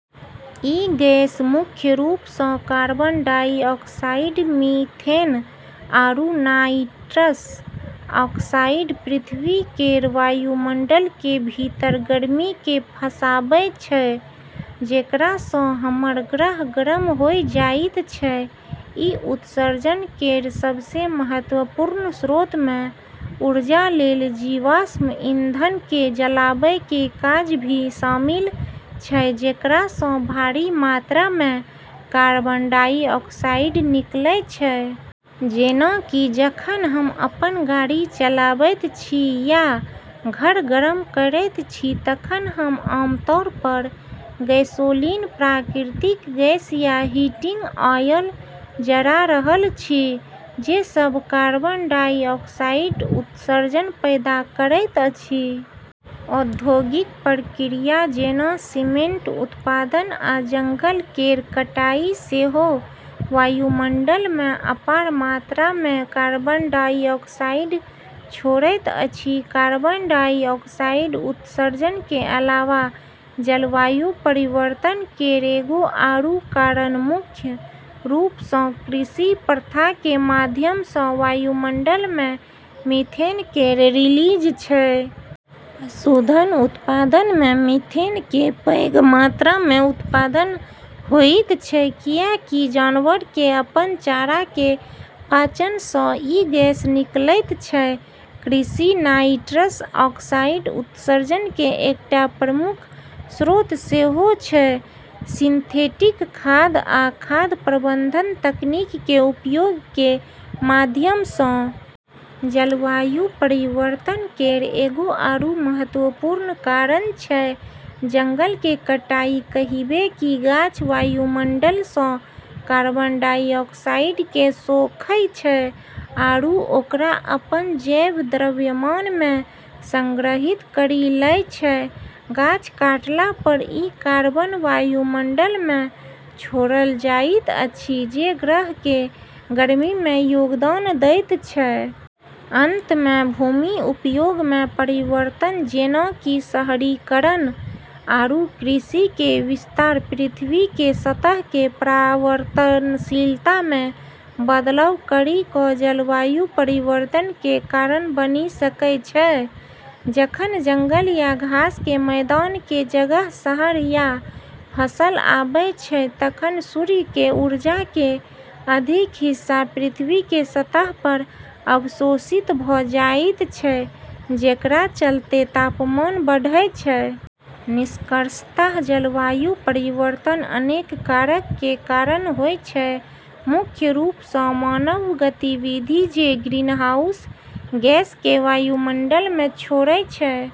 ई gas, मुख्य रूप सँ कार्बन डाइऑक्साइड, मीथेन आरू नाइट्रस ऑक्साइड, पृथ्वी केर वायुमंडल के भीतर गर्मी केँ फँसाबै छै, जेकरा सँ हमर ग्रह गरम होय जाइत छै। ई उत्सर्जन केर सबसें महत्वपूर्ण स्रोत मे ऊर्जा लेल जीवाश्म ईंधन केँ जलाबै के काज भी शामिल छै, जेकरा सँ भारी मात्रा मे कार्बन डाइऑक्साइड निकलै छै। जेना कि जखन हम अपन गाड़ी चलाबैत छी या घर गरम करैत छी तखन हम आमतौर पर गैसोलीन, प्राकृतिक गैस या हीटिंग ऑयल जरा रहल छी, जे सब कार्बन डाइऑक्साइड उत्सर्जन पैदा करैत अछि। औद्योगिक प्रक्रिया जेना सीमेंट उत्पादन आ जंगल केर कटाई सेहो वायुमंडल मे अपार मात्रा मे कार्बन डाइऑक्साइड छोड़ैत अछि। कार्बन डाइऑक्साइड उत्सर्जन के अलावा जलवायु परिवर्तन केर एगो आरू कारण मुख्य रूप सँ कृषि प्रथा के माध्यम सँ वायुमंडल मे मीथेन केर रिलीज छै। पशुधन उत्पादन मे मीथेन के पैघ मात्रा मे उत्पादन होइत छै, कियाकि जानवर के अपन चारा के पाचन सँ ई गैस निकलैत छै। कृषि नाइट्रस ऑक्साइड उत्सर्जन के एकटा प्रमुख स्रोत सेहो छै, सिंथेटिक खाद आ खाद प्रबंधन तकनीक के उपयोग के माध्यम सँ। जलवायु परिवर्तन केर एगो आरू महत्वपूर्ण कारण छै जंगल के कटाई, कहिबे कि गाछ वायुमंडल सँ कार्बन डाइऑक्साइड केँ सोखै छै आरू ओकरा अपन जैव द्रव्यमान मे संग्रहित करी लै छै। गाछ काटला पर ई कार्बन वायुमंडल मे छोड़ल जाइत अछि, जे ग्रह के गर्मी मे योगदान दैत छै। अंत मे, भूमि उपयोग मे परिवर्तन, जेना कि शहरीकरण आरू कृषि के विस्तार, पृथ्वी के सतह के परावर्तनशीलता मे बदलाव करी कऽ जलवायु परिवर्तन के कारण बनी सकै छै। जखन जंगल या घास के मैदान के जगह शहर या फसल आबै छै तखन सूर्य के ऊर्जा के अधिक हिस्सा पृथ्वी के सतह पर अवशोषित भऽ जाइत छै, जेकरा चलते तापमान बढ़ै छै। निष्कर्षतः जलवायु परिवर्तन अनेक कारक के कारण होय छै, मुख्य रूप सँ मानव गतिविधि जे ग्रीनहाउस गैस केँ वायुमंडल मे छोड़ै छै।